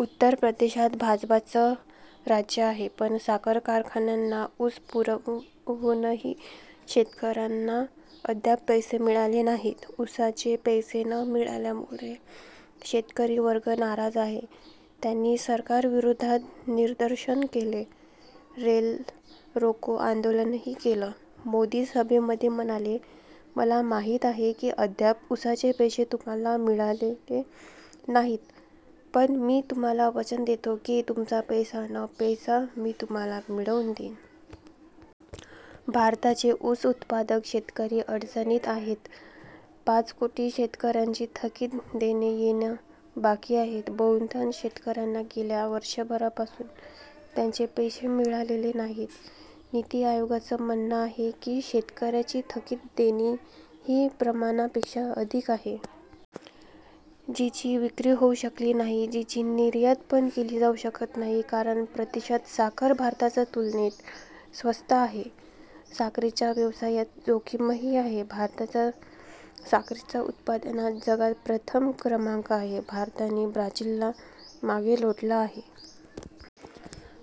उत्तर प्रदेशात भाजपचंच राज्य आहे. पण साखर कारखान्यांना ऊस पुरवूनही शेतकऱ्यांना अद्याप पैसे मिळाले नाहीत. ऊसाचे पैसे न मिळाल्यामुळे शेतकरी वर्ग नाराज आहे. त्यांनी सरकारविरोधात निदर्शनं केली, रेलरोको आंदोलनही केलं. मोदी सभेमध्ये म्हणाले, मला माहीत आहे की अद्याप ऊसाचे पैसे तुम्हाला मिळाले नाहीत, पण मी तुम्हाला वचन देतो की तुमचा पैसा न पैसा मी तुम्हाला मिळवून देईन. भारताचे ऊस उत्पादक शेतकरी अडचणीत आहेत. पाच कोटी शेतकऱ्यांची थकीत देणी येणं बाकी आहेत. बहुतांश शेतकऱ्यांना गेल्या वर्षभरापासून त्यांचे पैसे मिळालेले नाहीत. नीती आयोगाचं म्हणणं आहे की शेतकऱ्यांची थकीत देणी ही प्रमाणापेक्षा अधिक आहे. जिची विक्री होऊ शकलेली नाही. जिची निर्यात पण केली जाऊ शकत नाही, कारण परदेशात साखर भारताच्या तुलनेत स्वस्त आहे. साखरेच्या व्यवसायात जोखीमही आहे. भारताचा साखरेच्या उत्पादनात जगात प्रथम क्रमांक आहे. भारताने ब्राझीलला मागे टाकलं आहे.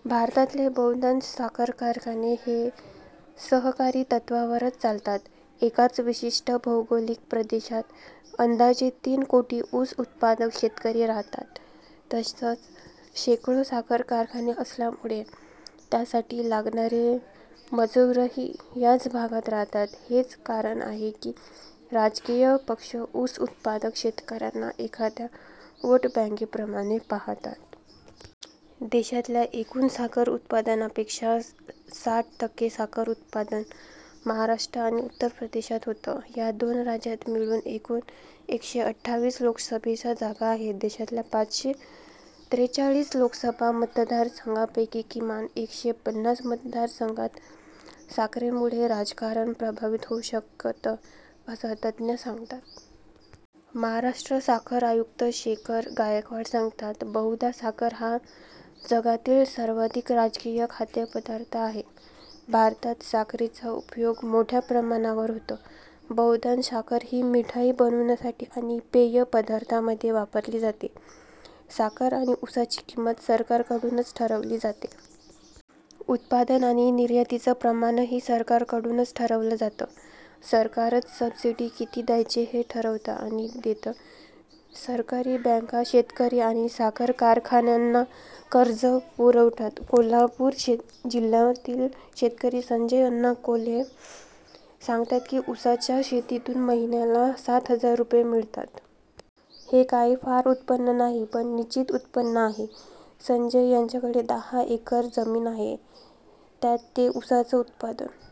भारतातले बहुतांश साखर कारखान हे सहकारी तत्त्वावरच चालतात. एकाच विशिष्ट भौगोलिक प्रदेशात अंदाजे तीन कोटी ऊस उत्पादक शेतकरी राहतात. तसंच शेकडो साखर कारखाने असल्यामुळे त्यासाठी लागणारे मजूरही याच भागात राहतात. हेच कारण आहे की राजकीय पक्ष ऊस उत्पादक शेतकऱ्यांना एखाद्या व्होट बॅंकेप्रमाणे पाहतात. देशातल्या एकूण साखर उत्पादनापैकी साठ टक्के साखर उत्पादन महाराष्ट्र आणि उत्तर प्रदेशात होतं. या दोन राज्यात मिळून एकूण एकशे अठ्ठावीस लोकसभेच्या जागा आहेत. देशातल्या पाचशे त्रेचाळीस लोकसभा मतदारसंघापैकी किमान एकशे पन्नास मतदारसंघात साखरेमुळे राजकारण प्रभावित होऊ शकतं असं तज्ज्ञ सांगतात. महाराष्ट्राचे साखर आयुक्त शेखर गायकवाड सांगतात, बहुधा साखर हा जगातील सर्वाधिक राजकीय खाद्यपदार्थ आहे. भारतात साखरेचा उपयोगही मोठ्या प्रमाणावर होतो. बहुतांश साखर ही मिठाई बनवण्यासाठी आणि पेय पदार्थांमध्ये वापरली जाते. साखर आणि ऊसाची किंमत सरकारकडूनच ठरवली जाते. उत्पादन आणि निर्यातीचं प्रमाणही सरकारकडूनच ठरवलं जातं. सरकारच सबसिडी किती द्यायचं हे ठरवतं आणि देतं. सरकारी बॅंका शेतकरी आणि साखर कारखान्यांना कर्ज पुरवतात. कोल्हापूर जिल्ह्यातले शेतकरी संजय अण्णा कोल्हे सांगतात की ऊसाच्या शेतीतून महिन्याला सात हजार रुपये मिळतात. हे काही फार उत्पन्न नाही, पण निश्चित उत्पन्न आहे. संजय यांच्याकडे दहा एकर जमीन आहे. त्यात ते ऊसाचं उत्पादन